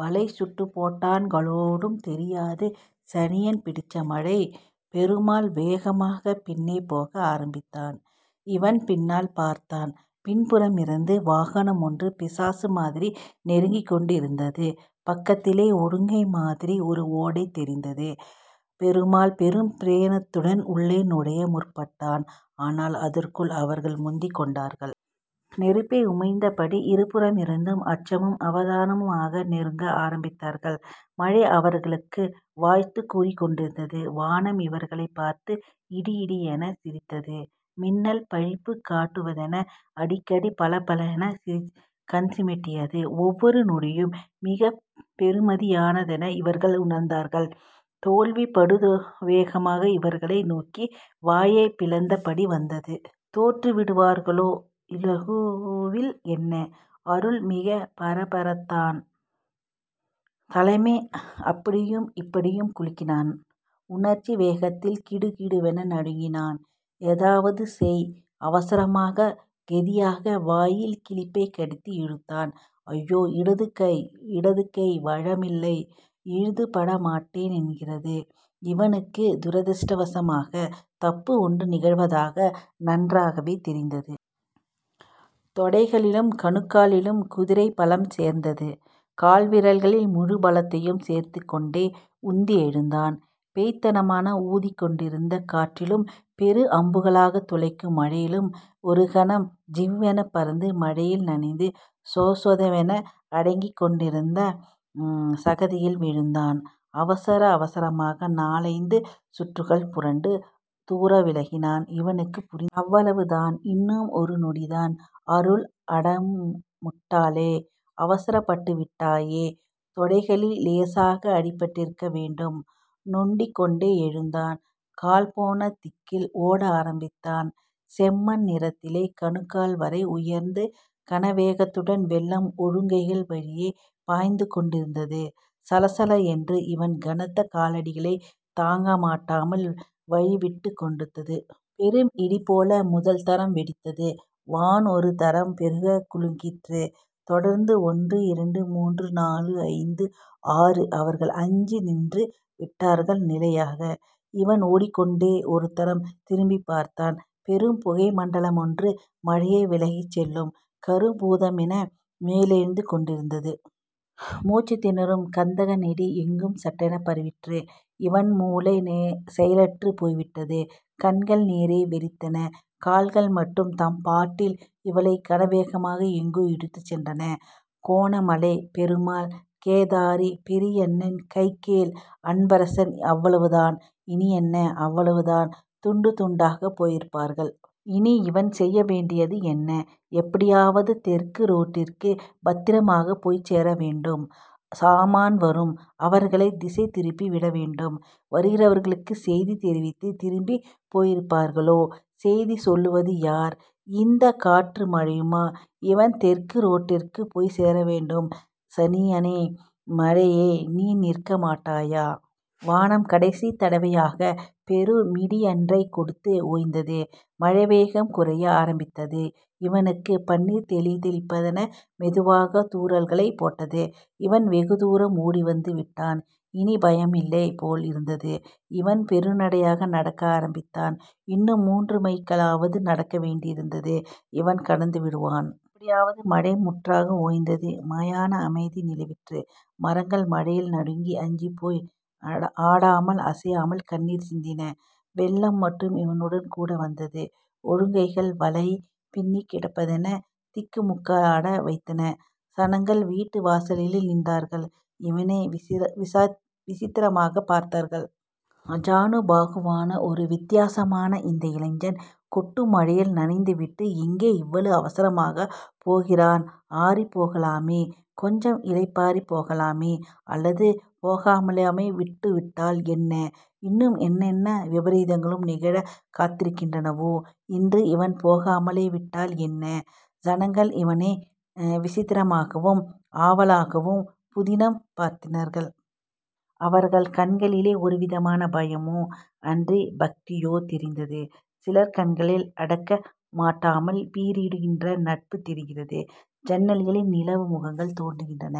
வளைச்சுப்போட்டான்களோவும் தெரியாது சனியன் பிடிச்ச மழை பெருமாள் வேகமாக பின்னே போக ஆரம்பித்தான். இவன் பின்னால் பார்த்தான். பின்புறமிருந்தும் வாகனம்ஒன்று பிசாசு மாதிரி நெருங்கிக்கொண்டிருந்தது பக்கத்திலே ஒழுங்கைமாதிரி ஒரு ஓடை தெரிந்தது. பெருமாள் பெரும் பிரயத்தனத்துடன் உள்ளே நுழைய முற்பட்டான். ஆனால் அதற்குள் அவர்கள் முந்திக்கொண்டார்கள். நெருப்பை உமிழ்ந்த படி இருபுறமிருந்தும் அச்சமும் அவதானமுமாக நெருங்க ஆரம்பித்தார்கள். மழை அவர்களுக்க வாழ்த்துச் கூறிக்கொண்டிருந்தது. வானம் இவர்களைப் பார்த்து இடிஇடியெனச் சிரித்தது. மின்னல் பழிப்புக் காட்டுவதென அடிக்கடி பளபளத்துக் கண்சிமிட்டியது. ஒவ்வொரு நொடியும் மிகப் பெறுமதியானதென இவர்கள் உணர்ந்தார்கள். தோல்வி படுவேகமாக இவர்களை நோக்கி வாயைப் பிளந்தபடி வந்தது. தோற்று விடுவார்களோ இலகுவில் என்ன?.... அருள் மிகப் பரபரத்தான்.... தலையை அப்படியும் இப்படியும் குலுக்கினான். உணர்ச்சி வேகத்தில் கிடுகிடுவென நடுங்கினான்.... ஏதாவது செய்... அவசரமாக... கெதியாக... வாயில் கிளிப்பைக் கடித்து இழுத்தான். ஐயோ! இடது கை... இடதுகை... வழமில்லை! இழுபட மாட்டேன் என்கிறது. இவனுக்கு துரதிர்ஷ்டவசமான தப்பு ஒன்று நிகழ்வது நன்றாகவே தெரிந்தது. தொடைகளிலும் கணுக்காலிலும் குதிரைபலம் சேர்ந்தது. கால்விரல்களில் முழுபலத்தையும் சேர்த்துக்கொண்டே உந்தி எழுந்தான். பேய்த்தனமாக ஊதிக்கொண்டிருந்த காற்றிலும் பெரு அம்புகளாகத் துளைக்கும் மழையிலும் ஒருகணம் ஜிவ்வெனப் பறந்து மழையில் நனைந்து சொசொதவென அனங்கிக்கொண்டிருந்த சகதியில் விழுந்தான். அவசர அவசரமாக நாலைந்து சுற்றுக்கள் புரண்டு தூரவிலகினான். இவனுக்கு புரிந்துவிட்டது.... அவ்வளவுதான்... இன்னும் ஒரு நொடிதான்... அருள் அடமுட்டாளே. அவசரப்பட்டுவிட்டாயே தொடைகளில் இலேசாக அடிபட்டிருக்க வேண்டும். நொண்டிக்கொண்டே எழுந்தான். கால்போன திக்கில் ஓட ஆரம்பித்தான். செம்மண் நிறத்திலே கணுக்கால்வரை உயர்ந்து கனவேகத்துடன் வெள்ளம் ஒழுங்கைகள் வழியே பாய்ந்துகொண்டிருந்தது. சளசள என்று இவன் கனத்த காலடிகளைத் தாங்கமாட்டாமல் வழிவிட்டுக் கொடுத்தது. பெரும் இடிபோல முதல் தரம் வெடித்தது. வான்ஒருதரம் பெருகக் குலுக்கிற்று. தொடர்ந்து ஒன்று... இரண்டு... மூன்று... நாலு... ஐந்து... ஆறு... அவர்கள் அஞ்சி நின்று விட்டார்கள் நிலையாக! இவன் ஒடிக்கொண்டே ஒருதரம் திரும்பிப்பார்த்தான். பெரும் புகைமண்டலமொன்று மழையை விலக்கிச் செல்லும் கரும் பூதமென மேலெழுந்து கொண்டிருந்தது. மூச்சுத் திணறும் கந்தகநெடி எங்கும் சட்டெனப் பரவிற்று. இவன் மூளை செயலற்றுப் போய்விட்டது. கண்கள் நேரே வெறித்தன. கால்கள் மட்டும் தம்பாட்டில் இவளை கனவேகமாக எங்கோ இழுத்துச்சென்றன. கோணாமலை. பெருமாள். கேதாரி... பெரியண்ணன் கைக்கேல்... அன்பரசன்.... அவ்வளவுதான். இனியென்ன?... அவ்வளவுதான்... துண்டு துண்டாகப் போயிருப்பார்கள். இனி? இவன் செய்யவேண்டியது என்ன? எப்படியாவது தெற்கு ரோட்டுக்கு பத்திரமாகப் போய்ச்சேர வேண்டும். சாமான் வரும். அவர்களைத் திசை திருப்பி விடவேண்டும். வருகிறவர்களுக்குச் செய்தி தெரிந்து திரும்பிப் போயிருப்பார்களோ?.... செய்தி சொல்லுவது யார்? இந்தக் காற்றும் மழையுமா? இவன் தெற்கு ரோட்டுக்குப் போய்ச்சேரவேண்டும் சனியனே மழையே நீ நிற்க மாட்டாயா.... வானம் கடைசித்தடவையாக பெருமிடியன்றைக் கொடுத்து ஓய்ந்தது. மழைவேகம் குறைய ஆரம்பித்தது இவனுக்கு பன்னீர் தெளிப்பதென மெதுவாக தூற்றல்களைப் போட்டது. இவன் வெகுதூரம் ஓடிவந்து விட்டான். இனிப் பயமில்லைப் போல் இருந்தது. இவன் பெருநடையாக நடக்க ஆரம்பித்தான். இன்னும் மூன்று மைல்களாவது கடக்க வேண்டியிருந்தது. இவன் கடந்துவிடுவான்... எப்படியாவது மழை முற்றாக ஓய்ந்தது. மயான அமைதி நிலவிற்று மரங்கள் மழையில் நடுங்கி அஞ்சிப்போய் ஆடாமல் அசையாமல் கண்ணீர் சிந்தின. வெள்ளம் மட்டும் இவனுடன் கூட வந்தது. ஒழுங்கைகள் வலை பின்னிக் கிடப்பதென திக்குமுக்காட வைத்தன. சனங்கள் வீட்டு வாசல்களில் நின்றார்கள். இவனை விசித்திரமாகப் பார்த்தார்கள். ஆஜானுபாகுவான ஒரு வித்தியாசமான இந்த இளைஞன் கொட்டும் மழையில் நனைந்து விட்டு எங்கே இவ்வளவு அவசரமாகப் போகிறான் ஆறிப்போகலாமே, கொஞ்சம் இளைப்பாறிப் போகலாமே... அல்லது போகலாமே விட்டுவிட்டால் என்ன.... இன்னும் என்ன என்ன விபரீதங்களும் நிகழக் காத்திருக்கின்றனவோ இன்று இவன் போகாமலே விட்டால் என்ன? சனங்கள் இவனை விசித்திரமாகவும், ஆவலாகவும் புதினம் பார்த்தார்கள். அவர்கள் கண்களில் ஒருவிதமான பயமோ.... அன்றிப் பக்தியோ.... தெரிந்தது. சிலர் கண்களில் அடக்கமாட்டாமல் பீரிடுகின்ற நட்பு தெரிந்தது. ஜன்னல்களில் நிலவு முகங்கள் தோன்றின.